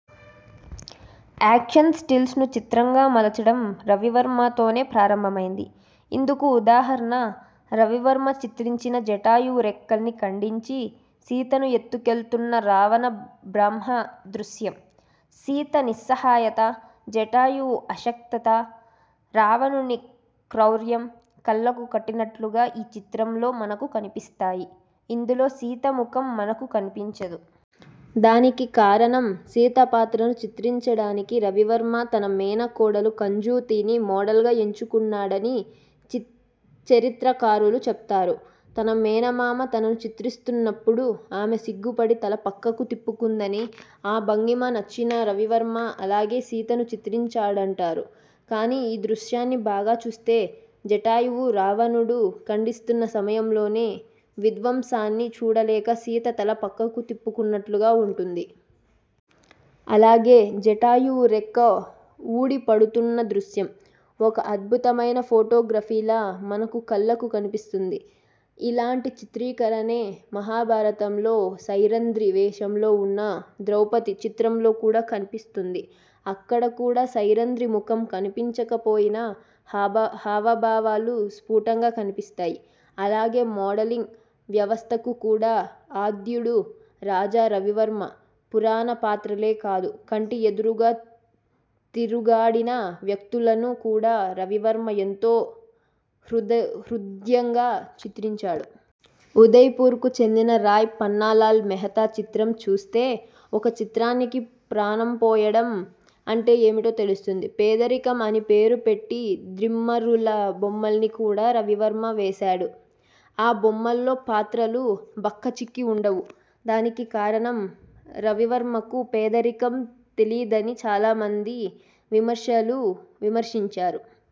Action stills ను చిత్రంగా మలచడం రవివర్మతోనే ప్రారంభమైంది. ఇందుకు ఉదాహరణ రవివర్మ చిత్రించిన జటాయువు రెక్కల్ని ఖండించి, సీతను ఎత్తుకెళుతున్న రావణబ్రహ్మ దృశ్యం. సీత నిస్సహాయత, జటాయువు ఆశక్తత, రావణుని క్రౌర్యం కళ్ళకు కట్టినట్టుగా ఈ చిత్రంలో మనకు కన్పిస్తాయి. ఇందులో సీతముఖం మనకు కన్పించదు. దానికి కారణం సీత పాత్రను చిత్రించడానికి రవివర్మ తన మేనకోడలు కంజూతిని మోడల్ గా ఎంచుకున్నాడని చరిత్రకారులు చెప్తారు. తన మేనమామ తనను చిత్రిస్తున్నప్పుడు ఆమె సిగ్గుపడి తల పక్కకు తిప్పుకుందని ఆ భంగిమ నచ్చిన రవివర్మ అలాగే సీతను చిత్రించాడంటారు. కానీ ఈ దశ్యాన్ని బాగా చూస్తే జటాయువు రావణుడు ఖండిస్తున్న సమయంలో విధ్వంసాన్ని చూడలేక సీత తల పక్కకు తిప్పుకున్నట్లుగా వుంటుంది. అలాగే జటాయువు రెక్క వూడి పడుతున్న దృశ్యం. ఒక అద్భుతమైన ఫోటోగ్రఫీలా మన కళ్ళకు కన్పిస్తుంది. ఇలాంటి చిత్రీకరణే మహాభారతంలో సైరంధ్రీ వేషంలో వున్న ద్రౌపది చిత్రంలో కూడా కన్పిస్తుంది. అక్కడ కూడా సైరంధ్రీ ముఖం కన్పించకపోయినా హావభావాలు స్ఫుటంగా కన్పిస్తాయి. అలాగే మోడలింగ్ వ్యవస్తకు కూడా ఆధ్యుడు రాజా రవివర్మ పురాణ పాత్రలే కాదు కంటి ఎదురుగా తిరుగాడిన వ్యక్తులను కూడా రవివర్మ ఎంతో హృద్యంగా చిత్రీకరించాడు. ఉదయ్ పూర్ కు చెందిన రాయ్ పన్నాలాల్ మెహతా చిత్రం చూస్తే ఒక చిత్రానికి ప్రాణం పోయడం అంటే ఏమిటో తెలుస్తుంది. పేదరికం అని పేరు పెట్టి ద్రిమ్మరుల బొమ్మలిని కూడా రవివర్మ వేశాడు. ఆ బొమ్మల్లో పాత్రలు బక్కచిక్కి వుండవు. దానికి కారణం రవివర్మకు పేదరికం తెలీదని చాలామంది విమర్శలు విమర్శించారు.